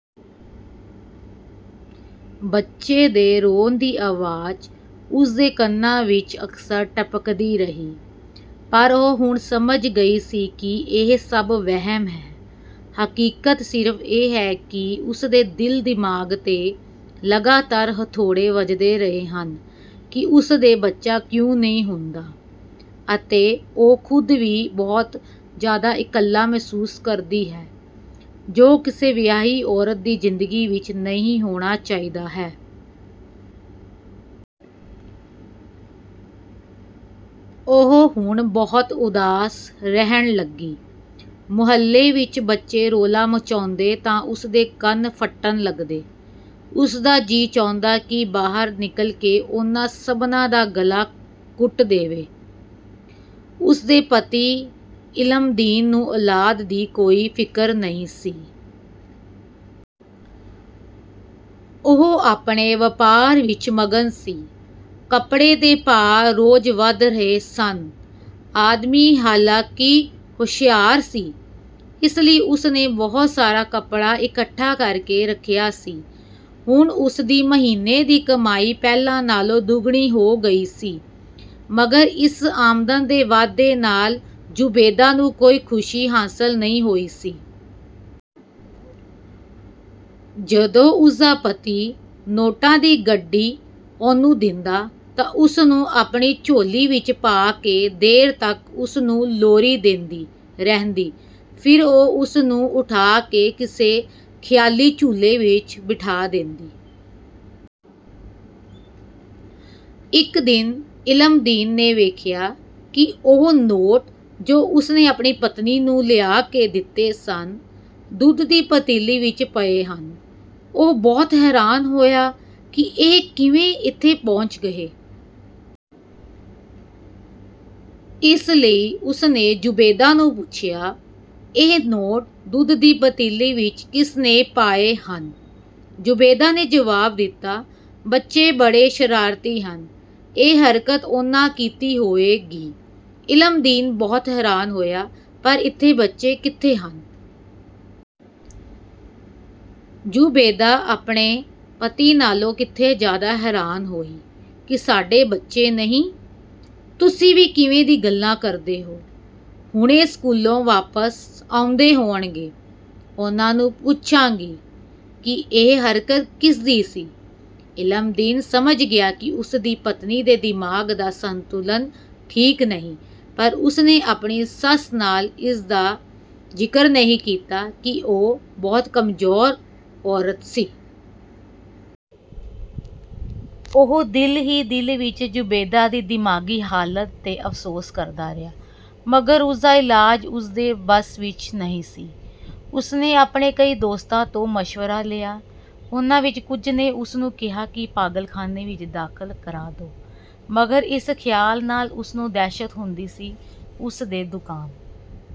ਬੱਚੇ ਦੇ ਰੋਣ ਦੀ ਅਵਾਜ਼ ਉਸਦੇ ਕੰਨਾਂ ਵਿੱਚ ਅਕਸਰ ਟਪਕਦੀ ਰਹੀ, ਪਰ ਉਹ ਹੁਣ ਸਮਝ ਗਈ ਸੀ ਕਿ ਇਹ ਸਭ ਵਹਿਮ ਹੈ। ਹਕੀਕਤ ਸਿਰਫ਼ ਇਹ ਹੈ ਕਿ ਉਸਦੇ ਦਿਲ-ਦਿਮਾਗ਼ ਤੇ ਲਗਾਤਾਰ ਹਥੌੜੇ ਵੱਜਦੇ ਰਹੇ ਹਨ ਕਿ ਉਸਦੇ ਬੱਚਾ ਕਿਉਂ ਨਹੀਂ ਹੁੰਦਾ, ਅਤੇ ਉਹ ਖ਼ੁਦ ਵੀ ਬਹੁਤ ਜ਼ਿਆਦਾ ਇਕੱਲਾ ਮਹਿਸੂਸ ਕਰਦੀ ਹੈ ਜੋ ਕਿਸੇ ਵਿਆਹੀ ਔਰਤ ਦੀ ਜ਼ਿੰਦਗੀ ਵਿੱਚ ਨਹੀਂ ਹੋਣਾ ਚਾਹੀਦਾ ਹੈ। ਉਹ ਹੁਣ ਬਹੁਤ ਉਦਾਸ ਰਹਿਣ ਲੱਗੀ। ਮੁਹੱਲੇ ਵਿੱਚ ਬੱਚੇ ਰੌਲਾ ਮਚਾਉਂਦੇ ਤਾਂ ਉਸਦੇ ਕੰਨ ਫਟਣ ਲੱਗਦੇ। ਉਸਦਾ ਜੀ ਚਾਹੁੰਦਾ ਕਿ ਬਾਹਰ ਨਿਕਲ ਕੇ ਉਨ੍ਹਾਂ ਸਭਨਾਂ ਦਾ ਗਲਾ ਘੁੱਟ ਦੇਵੇ। ਉਸਦੇ ਪਤੀ ਇਲਮਦੀਨ ਨੂੰ ਔਲਾਦ ਦੀ ਕੋਈ ਫ਼ਿਕਰ ਨਹੀਂ ਸੀ। ਉਹ ਆਪਣੇ ਵਪਾਰ ਵਿੱਚ ਮਗਨ ਸੀ। ਕੱਪੜੇ ਦੇ ਭਾਅ ਰੋਜ਼ ਵਧ ਰਹੇ ਸਨ। ਆਦਮੀ ਹਾਲਾਂਕਿ ਹੋਸ਼ਿਆਰ ਸੀ, ਇਸ ਲਈ ਉਸਨੇ ਬਹੁਤ ਸਾਰਾ ਕੱਪੜਾ ਇਕੱਠਾ ਕਰਕੇ ਰੱਖਿਆ ਸੀ। ਹੁਣ ਉਸਦੀ ਮਹੀਨੇ ਦੀ ਕਮਾਈ ਪਹਿਲਾਂ ਨਾਲ਼ੋਂ ਦੁੱਗਣੀ ਹੋ ਗਈ ਸੀ, ਮਗਰ ਇਸ ਆਮਦਨ ਦੇ ਵਾਧੇ ਨਾਲ਼ ਜ਼ੁਬੈਦਾ ਨੂੰ ਕੋਈ ਖੁਸ਼ੀ ਹਾਸਲ ਨਹੀਂ ਹੋਈ ਸੀ। ਜਦੋਂ ਉਸਦਾ ਪਤੀ ਨੋਟਾਂ ਦੀ ਗੱਡੀ ਉਹਨੂੰ ਦਿੰਦਾ, ਤਾਂ ਉਸਨੂੰ ਆਪਣੀ ਝੋਲੀ ਵਿੱਚ ਪਾ ਕੇ ਦੇਰ ਤੱਕ ਉਸ ਨੂੰ ਲੋਰੀ ਦਿੰਦੀ ਰਹਿੰਦੀ, ਫਿਰ ਉਹ ਉਸ ਨੂੰ ਉਠਾ ਕੇ ਕਿਸੇ ਖ਼ਿਆਲੀ ਝੂਲੇ ਵਿੱਚ ਬਿਠਾ ਦਿੰਦੀ। ਇੱਕ ਦਿਨ ਇਲਮਦੀਨ ਨੇ ਵੇਖਿਆ ਕਿ ਉਹ ਨੋਟ ਜੋ ਉਸਨੇ ਆਪਣੀ ਪਤਨੀ ਨੂੰ ਲਿਆ ਕੇ ਦਿੱਤੇ ਸਨ, ਦੁੱਧ ਦੀ ਪਤੀਲੀ ਵਿੱਚ ਪਏ ਹਨ। ਉਹ ਬਹੁਤ ਹੈਰਾਨ ਹੋਇਆ ਕਿ ਇਹ ਕਿਵੇਂ ਇੱਥੇ ਪਹੁੰਚ ਗਏ। ਇਸ ਲਈ ਉਸਨੇ ਜ਼ੁਬੈਦਾ ਨੂੰ ਪੁੱਛਿਆ, "ਇਹ ਨੋਟ ਦੁੱਧ ਦੀ ਪਤੀਲੀ ਵਿੱਚ ਕਿਸਨੇ ਪਾਏ ਹਨ?" ਜ਼ੁਬੈਦਾ ਨੇ ਜਵਾਬ ਦਿੱਤਾ, "ਬੱਚੇ ਬੜੇ ਸ਼ਰਾਰਤੀ ਹਨ, ਇਹ ਹਰਕਤ ਉਨ੍ਹਾਂ ਕੀਤੀ ਹੋਵੇਗੀ।" ਇਲਮਦੀਨ ਬਹੁਤ ਹੈਰਾਨ ਹੋਇਆ, "ਪਰ ਇੱਥੇ ਬੱਚੇ ਕਿੱਥੇ ਹਨ?" ਜ਼ੁਬੈਦਾ ਆਪਣੇ ਪਤੀ ਨਾਲ਼ੋਂ ਕਿਤੇ ਜ਼ਿਆਦਾ ਹੈਰਾਨ ਹੋਈ, "ਕੀ ਸਾਡੇ ਬੱਚੇ ਨਹੀਂ? ਤੁਸੀਂ ਵੀ ਕਿਵੇਂ ਦੀ ਗੱਲਾਂ ਕਰਦੇ ਹੋ? ਹੁਣੇ ਸਕੂਲੋਂ ਵਾਪਸ ਆਉਂਦੇ ਹੋਣਗੇ, ਉਨ੍ਹਾਂ ਨੂੰ ਪੁੱਛਾਂਗੀ ਕਿ ਇਹ ਹਰਕਤ ਕਿਸਦੀ ਸੀ।" ਇਲਮਦੀਨ ਸਮਝ ਗਿਆ ਕਿ ਉਸਦੀ ਪਤਨੀ ਦੇ ਦਿਮਾਗ਼ ਦਾ ਸਤੁੰਲਨ ਨੀਕ ਨਹੀਂ, ਪਰ ਉਸਨੇ ਆਪਣੀ ਸੱਸ ਨਾਲ਼ ਇਸਦਾ ਜ਼ਿਕਰ ਨਹੀਂ ਕੀਤਾ ਕਿ ਉਹ ਬਹੁਤ ਕਮਜ਼ੋਰ ਔਰਤ ਸੀ। ਉਹ ਦਿਲ ਹੀ ਦਿਲ ਵਿੱਚ ਜ਼ੁਬੈਦਾ ਦੀ ਦਿਮਾਗ਼ੀ ਹਾਲਤ ਤੇ ਅਫ਼ਸੋਸ ਕਰਦਾ ਰਿਹਾ, ਮਗਰ ਉਸਦਾ ਇਲਾਜ ਉਸਦੇ ਬਸ ਵਿੱਚ ਨਹੀਂ ਸੀ। ਉਸਨੇ ਆਪਣੇ ਕਈ ਦੋਸਤਾਂ ਤੋਂ ਮਸ਼ਵਰਾ ਲਿਆ। ਉਨ੍ਹਾਂ ਵਿਚੋਂ ਕੁਝ ਨੇ ਉਸਨੂੰ ਕਿਹਾ ਕਿ ਪਾਗਲਖਾਨੇ ਵਿੱਚ ਦਾਖ਼ਲ ਕਰਾ ਦੋ, ਮਗਰ ਇਸ ਖ਼ਿਆਲ ਨਾਲ਼ ਉਸਨੂੰ ਦਹਿਸ਼ਤ ਹੁੰਦੀ ਸੀ। ਉਸਨੇ ਦੁਕਾਨ